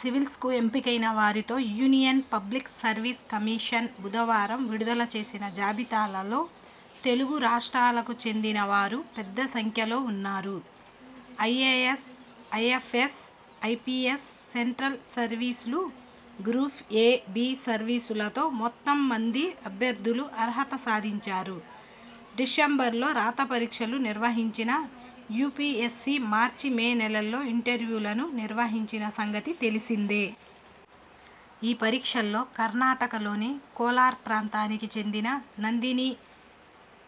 సివిల్స్కు ఎంపికైన వారితో union public service commission బుధవారం విడుదల చేసిన జాబితాలలో తెలుగు రాష్ట్రాలకు చెందినవారు పెద్ద సంఖ్యలో ఉన్నారు. ఐఏఎస్, ఐఎ్ఫఎస్, ఐపీఎస్, సెంట్రల్ సర్వీసులు, గ్రూప్ ఎ, బి సర్వీసులతో మొత్తం మంది అభ్యర్థులు అర్హత సాధించారు. డిసెంబరు లో రాత పరీక్షలు నిర్వహించిన యూపీఎస్సీ మార్చి మే నెలల్లో ఇంటర్యూలను నిర్వహించిన సంగతి తెలిసిందే. ఈ పరీక్షల్లో కర్ణాటక లోని కోలార్ ప్రాంతానికి చెందిన నందిని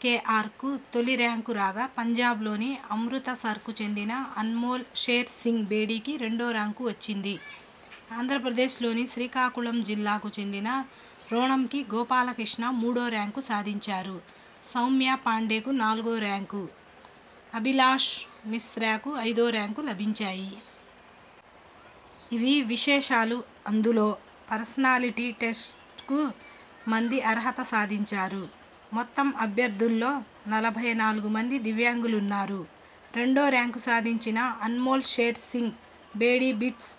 కేఆర్కు తొలి ర్యాంకు రాగా పంజాబ్లోని అమృతసర్కు చెందిన అన్మోల్ షేర్ సింగ్ బేడీకి రెండో ర్యాంకు వచ్చింది. ఆంధ్రప్రదేశలోని శ్రీకాకుళం జిల్లాకు చెందిన రోణంకి గోపాలకృష్ణ మూడో ర్యాంకు సాధించారు. సౌమ్య పాండేకు నాలుగో ర్యాంకు, అభిలాశ్ మిశ్రాకు ఐదో ర్యాంకు లభించాయి. ఇవీ విశేషాలు అందులో పర్సనాలిటీ టెస్ట్కు మంది అర్హత సాధించారు. మొత్తం అభ్యర్థుల్లో నలభై నాలుగు మంది దివ్యాంగులున్నారు. రెండో ర్యాంకు సాధించిన అనుమోల్ షేర్ సింగ్ బేడీ బిట్స్,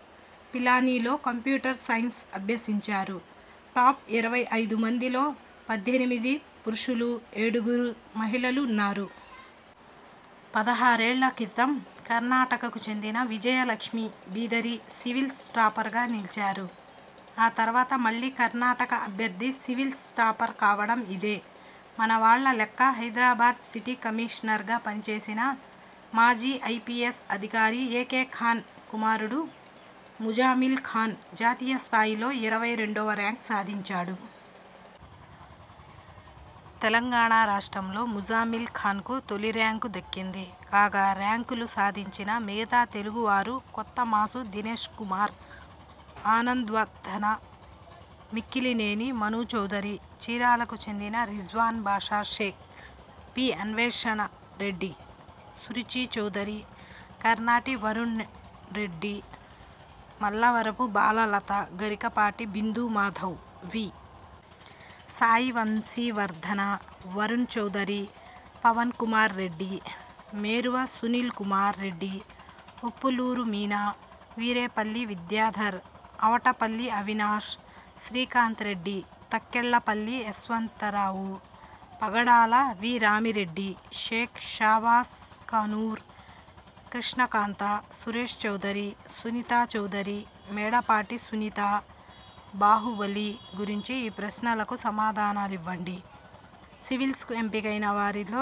పిలానీలో కంప్యూటర్ సైన్స్ అభ్యసించారు. టాప్ ఇరవై ఐదు మందిలో పద్దెనిమిది పురుషులు, ఏడుగురు మహిళలు ఉన్నారు. పదహారేళ్ల కీతం కర్ణాటకకు చెందిన విజయలక్ష్మి బిదరి సివిల్స్ టాపర్గా నిలిచారు. ఆ తర్వాత మళ్లీ కర్ణాటక అభ్యర్థి సివిల్స్ టాపర్ కావడం ఇదే. మనవాళ్ల లెక్క హైదరాబాద్ సిటీ కమిషనర్గా పనిచేసిన మాజీ ఐపీఎస్ అధికారి ఏకే ఖాన్ కుమారుడు ముజామిల్ ఖాన్ జాతీయస్థాయిలో ఇరవై రెండోవ ర్యాంకు సాధించాడు. తెలంగాణ రాష్ట్రంలో ముజామిల్ ఖాన్కు తొలిర్యాంకు దక్కింది. కాగా ర్యాంకులు సాధించిన మిగతా తెలుగు వారు కొత్త మాసు దినేశ్కుమార్, ఆనంద్వర్ధన, మిక్కిలినేని మను చౌదరి, చీరాలకు చెందిన Rizwan Basha Shaik, P. Anveshana Reddy, Suruchi Chowdary, Karnati Varun Reddy, Mallavarapu Bala Latha, Garikapati Bindu Madhav, V. Sai Vamsi Vardhana, Varun Chowdary, Pavan Kumar Reddy, Meruva Sunil Kumar Reddy, Uppuluru Meena, Veerepalli Vidyadhar, Avatapalli Avinash, Srikantha Reddy, Takkellapalli Yashwantha Rao, Pagadala V. Rami Reddy, Shaik Shabas Kanur, Krishnakantha, Suresh Chowdary, Sunitha Chowdary, Medapati Sunitha. Baahubali గురించి ఈ ప్రశ్నలకు సమాధానాలివ్వండి సివిల్స్కు ఎంపికైన వారితో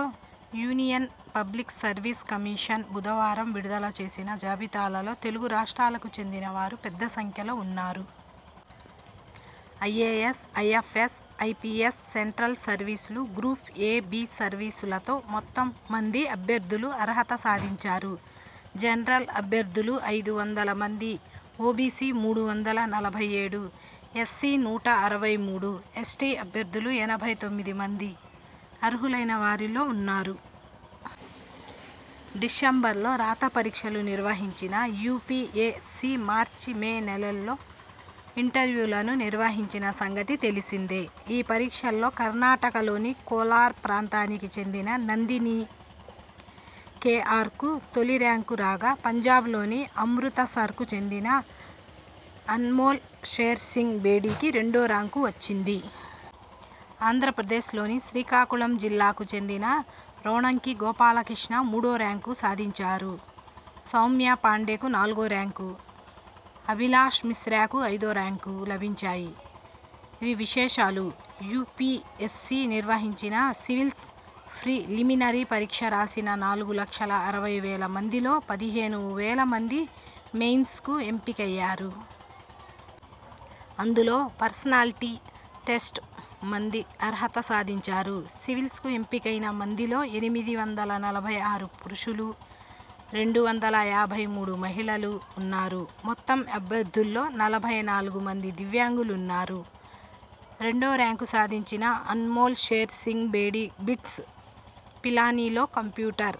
యూనియన్ పబ్లిక్ సర్వీస్ కమిషన్ బుధవారం విడుదల చేసిన జాబితాలో తెలుగు రాష్ట్రాలకు చెందిన వారు పెద్ద సంఖ్యలో ఉన్నారు. ఐఏఎస్, ఐఎ్ఫఎస్, ఐపీఎస్, సెంట్రల్ సర్వీసులు, గ్రూప్ ఎ, బి సర్వీసులతో మొత్తం మంది అభ్యర్థులు అర్హత సాధించారు. జనరల్ అభ్యర్థులు ఐదు వందల మంది, ఓబీసీ మూడు వందల నలభై ఏడు, ఎస్సీ నూట అరవై మూడు, ఎస్టీ అభ్యర్థులు ఎనభై తొమ్మిది మంది అర్హులైన వారిలో ఉన్నారు. డిసెంబరులో రాత పరీక్షలు నిర్వహించిన యూపీఎస్సీ మార్చి మే నెలల్లో ఇంటర్యూలను నిర్వహించిన సంగతి తెలిసిందే. ఈ పరీక్షల్లో కర్ణాటకలోని కోలార్ ప్రాంతానికి చెందిన నందిని కేఆర్కు తొలి ర్యాంకు రాగా పంజాబ్లోని అమృతసర్కు చెందిన అన్మోల్ షేర్ సింగ్ బేడీకి రెండో ర్యాంకు వచ్చింది. ఆంధ్రప్రదేశలోని శ్రీకాకుళం జిల్లాకు చెందిన రోణంకి గోపాలకృష్ణ మూడో ర్యాంకు సాధించారు. సౌమ్య పాండేకు నాలుగో ర్యాంకు, అభిలాశ్ మిశ్రాకు ఐదో ర్యాంకు లభించాయి. ఇవీ విశేషాలు యూపీఎస్సీ నిర్వహించిన సివిల్స్ ప్రిలిమినరీ పరీక్ష రాసిన నాలుగు లక్షల అరవై వేల మందిలో పదిహేను వేల మంది మెయిన్స్కు ఎంపికయ్యారు. అందులో పర్సనాలిటీ టెస్ట్కు మంది అర్హత సాధించారు. సివిల్స్కు ఎంపికైన మందిలో ఎనిమిది వందల నలభై ఆరు పురుషులు, రెండు వందల యాభై మూడు మహిళలు ఉన్నారు. మొత్తం అభ్యర్థుల్లో నలభై నాలుగు మంది దివ్యాంగులున్నారు. రెండో ర్యాంకు సాధించిన అన్మోల్ షేర్ సింగ్ బేడీ బిట్స్, పిలానీలో కంప్యూటర్